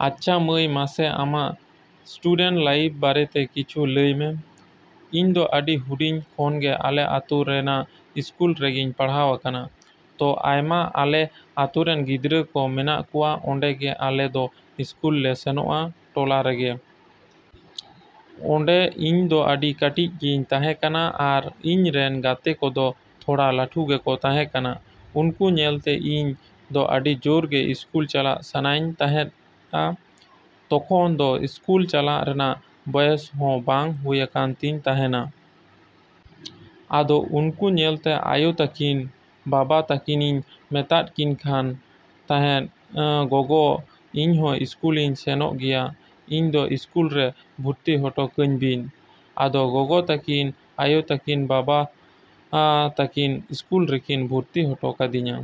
‎ᱟᱪᱪᱷᱟ ᱢᱟᱹᱭ, ᱢᱟᱥᱮ ᱟᱢᱟᱜ ᱥᱴᱩᱰᱮᱱᱴ ᱞᱟᱭᱤᱯ ᱵᱟᱨᱮᱛᱮ ᱠᱤᱪᱷᱩ ᱞᱟᱹᱭ ᱢᱮ᱾ ᱤᱧ ᱫᱚ ᱟᱹᱰᱤ ᱦᱩᱰᱤᱧ ᱠᱷᱚᱱ ᱜᱮ ᱟᱞᱮ ᱟᱛᱳ ᱨᱮᱱᱟᱜ ᱤᱥᱠᱩᱞ ᱨᱮᱜᱮᱧ ᱯᱟᱲᱦᱟᱣ ᱟᱠᱟᱱᱟ᱾ ᱛᱚ ᱟᱭᱢᱟ ᱟᱞᱮ ᱟᱛᱳᱨᱮᱱ ᱜᱤᱫᱽᱨᱟᱹ ᱠᱚ ᱢᱮᱱᱟᱜ ᱠᱚᱣᱟ ᱚᱸᱰᱮ ᱜᱮ ᱟᱞᱮ ᱫᱚ ᱤᱥᱠᱩᱞ ᱞᱮ ᱥᱮᱱᱚᱜᱼᱟ ᱴᱚᱞᱟ ᱨᱮᱜᱮ᱾ ᱚᱸᱰᱮ ᱤᱧ ᱫᱚ ᱟᱹᱰᱤ ᱠᱟᱴᱤᱡ ᱜᱮᱧ ᱛᱟᱦᱮᱸ ᱠᱟᱱᱟ ᱟᱨ ᱤᱧ ᱨᱮᱱ ᱜᱟᱛᱮ ᱠᱚᱫᱚ ᱛᱷᱚᱲᱟ ᱞᱟᱹᱴᱩ ᱜᱮᱠᱚ ᱛᱟᱦᱮᱸ ᱠᱟᱱᱟ᱾ ᱩᱱᱠᱩ ᱧᱮᱞ ᱛᱮ ᱤᱧ ᱫᱚ ᱟᱹᱰᱤ ᱡᱳᱨ ᱜᱮ ᱤᱥᱠᱩᱞ ᱪᱟᱞᱟᱜ ᱥᱟᱱᱟᱭᱤᱧ ᱛᱟᱦᱮᱸᱫᱼᱟ᱾ ᱛᱚᱠᱷᱚᱱ ᱫᱚ ᱥᱠᱩᱞ ᱪᱟᱞᱟᱜ ᱨᱮᱱᱟᱜ ᱵᱚᱭᱮᱥ ᱦᱚᱸ ᱵᱟᱝ ᱦᱩᱭ ᱟᱠᱟᱱ ᱛᱤᱧ ᱛᱟᱦᱮᱸᱱᱟ᱾ ᱟᱫᱚ ᱩᱱᱠᱩ ᱧᱮᱞ ᱛᱮ ᱟᱭᱳ ᱛᱟᱹᱠᱤᱱ, ᱵᱟᱵᱟ ᱛᱟᱹᱠᱤᱱᱤᱧ ᱢᱮᱛᱟᱫ ᱠᱤᱱᱠᱟᱱ ᱛᱟᱦᱮᱸᱱ, "ᱜᱚᱜᱚ, ᱤᱧ ᱦᱚᱸ ᱥᱠᱩᱞᱤᱧ ᱥᱮᱱᱚᱜ ᱜᱮᱭᱟ, ᱤᱧ ᱫᱚ ᱥᱠᱩᱞ ᱨᱮ ᱵᱷᱩᱨᱛᱤ ᱦᱚᱴᱚ ᱠᱟᱹᱧ ᱵᱤᱱ ᱾" ᱟᱫᱚ ᱜᱚᱜᱚ ᱛᱟᱹᱠᱤᱱ, ᱟᱭᱳ ᱛᱟᱹᱠᱤᱱ, ᱵᱟᱵᱟ ᱛᱟᱹᱠᱤᱱ ᱥᱠᱩᱞ ᱨᱮᱠᱤᱱ ᱵᱷᱚᱨᱛᱤ ᱦᱚᱴᱚ ᱠᱟᱹᱫᱤᱧᱟ᱾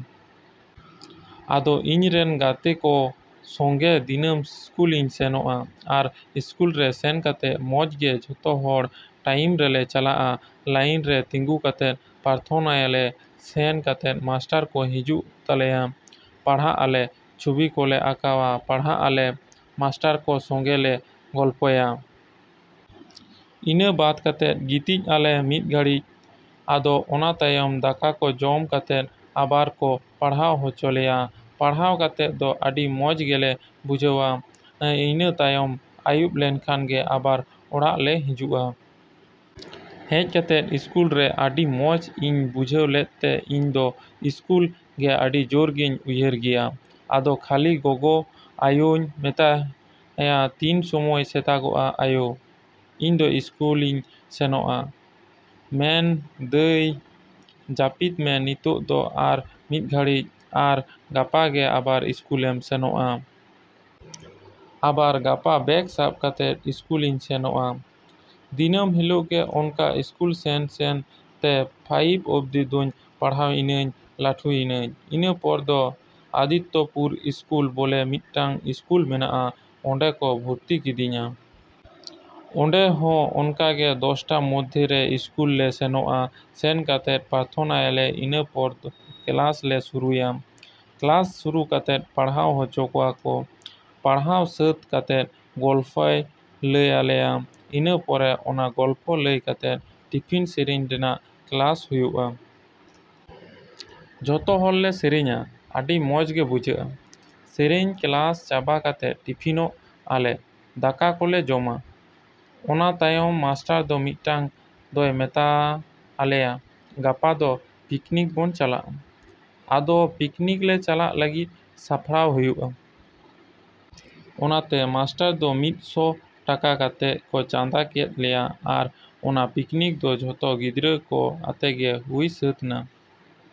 ᱟᱫᱚ ᱤᱧ ᱨᱮᱱ ᱜᱟᱛᱮ ᱠᱚ ᱥᱚᱸᱜᱮ ᱫᱤᱱᱟᱹᱢ ᱥᱠᱩᱞᱤᱧ ᱥᱮᱱᱚᱜᱼᱟ᱾ ᱟᱨ ᱥᱠᱩᱞ ᱨᱮ ᱥᱮᱱ ᱠᱟᱛᱮᱫ ᱢᱚᱸᱡᱽ ᱜᱮ ᱡᱚᱛᱚ ᱦᱚᱲ ᱴᱟᱭᱤᱢ ᱨᱮᱞᱮ ᱪᱟᱞᱟᱜᱼᱟ᱾ ᱞᱟᱹᱭᱤᱱ ᱨᱮ ᱛᱤᱸᱜᱩ ᱠᱟᱛᱮᱫ ᱯᱨᱟᱨᱛᱷᱚᱱᱟᱭᱟᱞᱮ, ᱥᱮᱱ ᱠᱟᱛᱮᱫ ᱢᱟᱥᱴᱟᱨ ᱠᱚ ᱦᱤᱡᱩᱜ ᱛᱟᱞᱮᱭᱟ᱾ ᱯᱟᱲᱦᱟᱜ ᱟᱞᱮ, ᱪᱷᱚᱵᱤ ᱠᱚᱞᱮ ᱟᱸᱠᱟᱣᱟ, ᱯᱟᱲᱦᱟᱜ ᱟᱞᱮ, ᱢᱟᱥᱴᱟᱨ ᱠᱚ ᱥᱚᱸᱜᱮ ᱞᱮ ᱜᱚᱞᱯᱷᱚᱭᱟ᱾ ᱤᱱᱟᱹ ᱵᱟᱫᱽ ᱠᱟᱛᱮᱫ ᱜᱤᱛᱤᱡ ᱟᱞᱮ ᱢᱤᱫ ᱜᱷᱟᱹᱲᱤᱡ᱾ ᱟᱫᱚ ᱚᱱᱟ ᱛᱟᱭᱚᱢ ᱫᱟᱠᱟ ᱠᱚ ᱡᱚᱢ ᱠᱟᱛᱮᱫ ᱟᱵᱟᱨ ᱠᱚ ᱯᱟᱲᱦᱟᱣ ᱚᱪᱚ ᱞᱮᱭᱟ᱾ ᱯᱟᱲᱦᱟᱣ ᱠᱟᱛᱮᱫ ᱫᱚ ᱟᱹᱰᱤ ᱢᱚᱸᱡᱽ ᱜᱮᱞᱮ ᱵᱩᱡᱷᱟᱹᱣᱼᱟ᱾ ᱤᱱᱟᱹ ᱛᱟᱭᱚᱢ ᱟᱭᱩᱵ ᱞᱮᱱ ᱠᱷᱟᱱ ᱜᱮ ᱟᱵᱟᱨ ᱚᱲᱟᱜ ᱞᱮ ᱦᱤᱡᱩᱜᱼᱟ᱾ ᱦᱮᱡ ᱠᱟᱛᱮᱫ ᱥᱠᱩᱞ ᱨᱮ ᱟᱹᱰᱤ ᱢᱚᱸᱡᱽ ᱤᱧ ᱵᱩᱡᱷᱟᱹᱣ ᱞᱮᱫ ᱛᱮ ᱤᱧ ᱫᱚ ᱥᱠᱩᱞ ᱜᱮ ᱟᱹᱰᱤ ᱡᱳᱨ ᱜᱮᱧ ᱩᱭᱦᱟᱹᱨ ᱜᱮᱭᱟ᱾ ᱟᱫᱚ ᱠᱷᱟᱹᱞᱤ ᱜᱚ ᱜᱚ, ᱟᱭᱳᱧ ᱢᱮᱛᱟᱭᱟ, "ᱛᱤᱱ ᱥᱚᱢᱚᱭ ᱥᱮᱛᱟᱜᱚᱜᱼᱟ ᱟᱭᱳ? ᱤᱧ ᱫᱚ ᱥᱠᱩᱞᱤᱧ ᱥᱮᱱᱚᱜᱼᱟ᱾" ᱢᱮᱱ ᱫᱟᱭ, "ᱡᱟᱯᱤᱛ ᱢᱮ ᱱᱤᱛᱚᱜ ᱫᱚ ᱟᱨ ᱢᱤᱫ ᱜᱷᱟᱹᱲᱤᱡ, ᱟᱨ ᱜᱟᱯᱟ ᱜᱮ ᱟᱵᱟᱨ ᱥᱠᱩᱞᱮᱢ ᱥᱮᱱᱚᱜᱼᱟ᱾" ᱟᱵᱟᱨ ᱜᱟᱯᱟ ᱵᱮᱜᱽ ᱥᱟᱵ ᱠᱟᱛᱮᱫ ᱥᱠᱩᱞᱤᱧ ᱥᱮᱱᱚᱜᱼᱟ᱾ ᱫᱤᱱᱟᱹᱢ ᱦᱤᱞᱳᱜ ᱜᱮ ᱚᱱᱠᱟ ᱥᱠᱩᱞ ᱥᱮᱱᱼᱥᱮᱱ ᱛᱮ ᱯᱷᱟᱭᱤᱵ ᱚᱵᱽᱫᱤ ᱫᱚᱧ ᱯᱟᱲᱦᱟᱣ ᱤᱱᱟᱹᱧ ᱞᱟᱹᱴᱩᱭ ᱤᱱᱟᱹᱧ᱾ ᱤᱱᱟᱹ ᱯᱚᱨ ᱫᱚ ᱟᱫᱤᱛᱛᱚᱯᱩᱨ ᱥᱠᱩᱞ ᱵᱚᱞᱮ ᱢᱤᱫᱴᱮᱱ ᱤᱥᱠᱩᱞ ᱢᱮᱱᱟᱜᱼᱟ᱾ ᱚᱸᱰᱮ ᱠᱚ ᱵᱷᱚᱨᱛᱤ ᱠᱤᱫᱤᱧᱟ᱾ ᱚᱸᱰᱮ ᱦᱚᱸ ᱚᱱᱠᱟ ᱜᱮ ᱫᱚᱥᱴᱟ ᱢᱚᱫᱽᱫᱷᱮ ᱨᱮ ᱥᱠᱩᱞ ᱞᱮ ᱥᱮᱱᱚᱜᱼᱟ᱾ ᱥᱮᱱ ᱠᱟᱛᱮᱫ ᱯᱨᱟᱨᱛᱷᱚᱱᱟᱭᱟᱞᱮ᱾ ᱤᱱᱟᱹᱯᱚᱨ ᱫᱚ ᱠᱮᱞᱟᱥ ᱞᱮ ᱥᱩᱨᱩᱭᱟ᱾ ᱠᱮᱞᱟᱥ ᱥᱩᱨᱩ ᱠᱟᱛᱮᱫ ᱯᱟᱲᱦᱟᱣ ᱦᱚᱪᱚᱣᱟᱠᱚ᱾ ᱯᱟᱲᱦᱟᱣ ᱥᱟᱹᱛ ᱠᱟᱛᱮᱫ ᱜᱚᱞᱯᱷᱚᱭ ᱞᱟᱹᱭ ᱟᱞᱮᱭᱟ᱾ ᱤᱱᱟᱹ ᱯᱚᱨᱮ ᱚᱱᱟ ᱜᱚᱞᱯᱷᱚ ᱞᱟᱹᱭ ᱠᱟᱛᱮᱫ ᱴᱤᱯᱷᱤᱱ ᱥᱮᱨᱮᱧ ᱨᱮᱱᱟᱜ ᱠᱮᱞᱟᱥ ᱦᱩᱭᱩᱜᱼᱟ᱾ ᱡᱚᱛᱚ ᱦᱚᱲ ᱞᱮ ᱥᱮᱨᱮᱧᱟ᱾ ᱟᱹᱰᱤ ᱢᱚᱸᱡᱽ ᱜᱮ ᱵᱩᱡᱷᱟᱹᱜᱼᱟ᱾ ᱥᱮᱨᱮᱧ ᱠᱮᱞᱟᱥ ᱪᱟᱵᱟ ᱠᱟᱛᱮᱫ ᱴᱤᱯᱷᱤᱱᱚᱜ ᱟᱞᱮ᱾ ᱫᱟᱠᱟ ᱠᱚᱞᱮ ᱡᱚᱢᱟ᱾ ᱚᱱᱟ ᱛᱟᱭᱚᱢ ᱢᱟᱥᱴᱟᱨ ᱫᱚ ᱢᱤᱫᱴᱟᱝ ᱫᱚᱭ ᱢᱮᱛᱟ ᱟᱞᱮᱭᱟ, "ᱜᱟᱯᱟ ᱫᱚ ᱯᱤᱠᱱᱤᱠ ᱵᱚᱱ ᱪᱟᱞᱟᱜᱼᱟ᱾" ᱟᱫᱚ ᱯᱤᱠᱱᱤᱠ ᱞᱮ ᱪᱟᱞᱟᱜ ᱞᱟᱹᱜᱤᱫ ᱥᱟᱯᱲᱟᱣ ᱦᱩᱭᱩᱜᱼᱟ᱾ ᱚᱱᱟᱛᱮ ᱢᱟᱥᱴᱟᱨ ᱫᱚ ᱢᱤᱫ ᱥᱚ ᱴᱟᱠᱟ ᱠᱟᱛᱮᱫ ᱠᱚ ᱪᱟᱸᱫᱟ ᱠᱮᱫ ᱞᱮᱭᱟ᱾ ᱟᱨ ᱚᱱᱟ ᱯᱤᱠᱱᱤᱠ ᱫᱚ ᱡᱚᱛᱚ ᱜᱤᱫᱽᱨᱟᱹ ᱠᱚ ᱟᱛᱮ ᱜᱮ ᱦᱩᱭ ᱥᱟ.ᱛ ᱱᱟ᱾